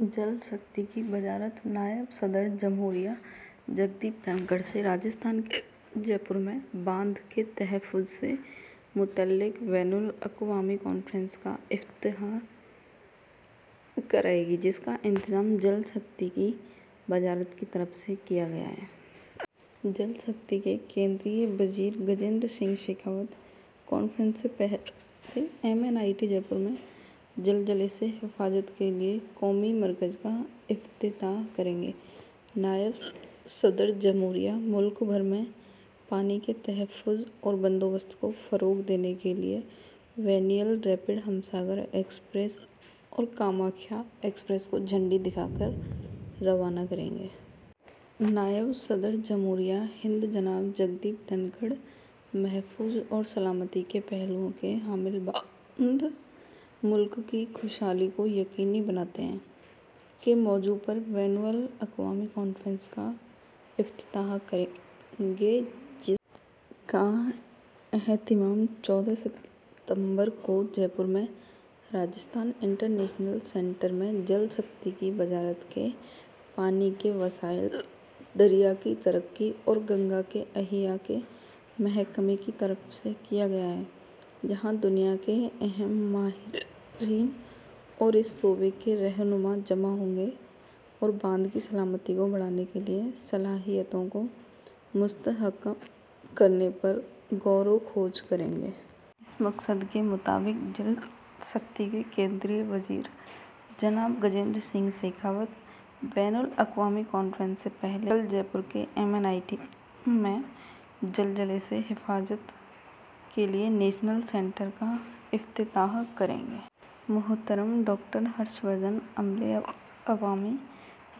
جل شکتی کی وزارت نائب صدر جمہوریہ جگدیپ دھنکڑ سے راجستھان کے جے پور میں باندھ کے تحفظ سے متعلق بین الاقوامی کانفرنس کا افتتاح کرائے گی، جس کا اہتمام جل شکتی کی وزارت کی طرف سے کیا گیا ہے۔ جل شکتی کے مرکزی وزیر گجیندر سنگھ شیخاوت کانفرنس سے پہلے M N I T Jaipur میں زلزلے سے حفاظت کے لیے قومی مرکز کا افتتاح کریں گے۔ نائب صدر جمہوریہ ملک بھر میں پانی کے تحفظ اور بندوبست کو فروغ دینے کے لیے وینئیل ریپڈ ہم ساگر ایکسپریس اور کامکھیا ایکسپریس کو جھنڈی دکھا کر روانہ کریں گے۔ نائب صدر جمہوریہ ہند جناب جگدیپ دھنکڑ، ’’محفوظ اور سلامتی کے پہلوؤں کے حامل باندھ، ملک کی خوشحالی کو یقینی بناتے ہیں‘‘ کے موضوع پر بین الاقوامی کانفرنس کا افتتاح کریں گے، جس کا اہتمام چودہ ستمبر کو جے پور میں راجستھان انٹرنیشنل سینٹر میں جل شکتی کی وزارت کے پانی کے وسائل، دریا کی ترقی اور گنگا کے احیاء کے محکمے کی طرف سے کیا گیا ہے، جہاں دنیا کے اہم ماہرین اور اس شعبے کے رہنما جمع ہوں گے اور باندھ کی سلامتی کو بڑھانے کے لیے صلاحیتوں کو مستحکم کرنے پر غور و خوض کریں گے۔ اس مقصد کے مطابق جل شکتی کے مرکزی وزیر جناب گجیندر سنگھ شیخاوت بین الاقوامی کانفرنس سے پہلے کل جے پور کے ایم این آئی ٹی میں زلزلے سے حفاظت کے لیے نیشنل سینٹر کا افتتاح کریں گے۔ محترم ڈاکٹر ہرش وردھن۔ عملے، عوامی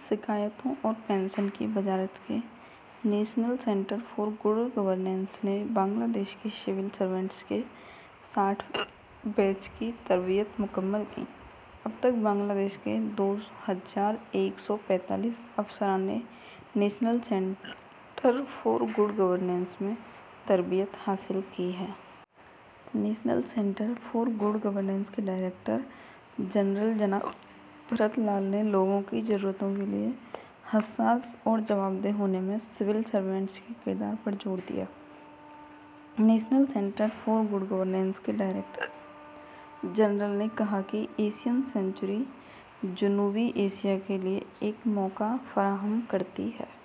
شکایات اور پنشن کی وزارت کے national centre for good governance نے بنگلہ دیش کے سول سرونٹس کے ساٹھویں بیچ کی تربیت مکمل کی۔ اب تک بنگلہ دیش کے دو ہزار ایک سو پینتالیس افسران نے national centre for good governance میں تربیت حاصل کی ہے۔ National centre for good governance کے ڈائریکٹر جنرل جناب بھرت لال نے لوگوں کی ضروریات کے لیے حساس اور جوابدہ ہونے میں سول سرونٹس کے کردار پر زور دیا۔ National centre for good governance کے ڈائریکٹر جنرل نے کہا کہ ’’ایشین سنچری‘‘ جنوبی ایشیا کے لیے ایک موقع فراہم کرتی ہے۔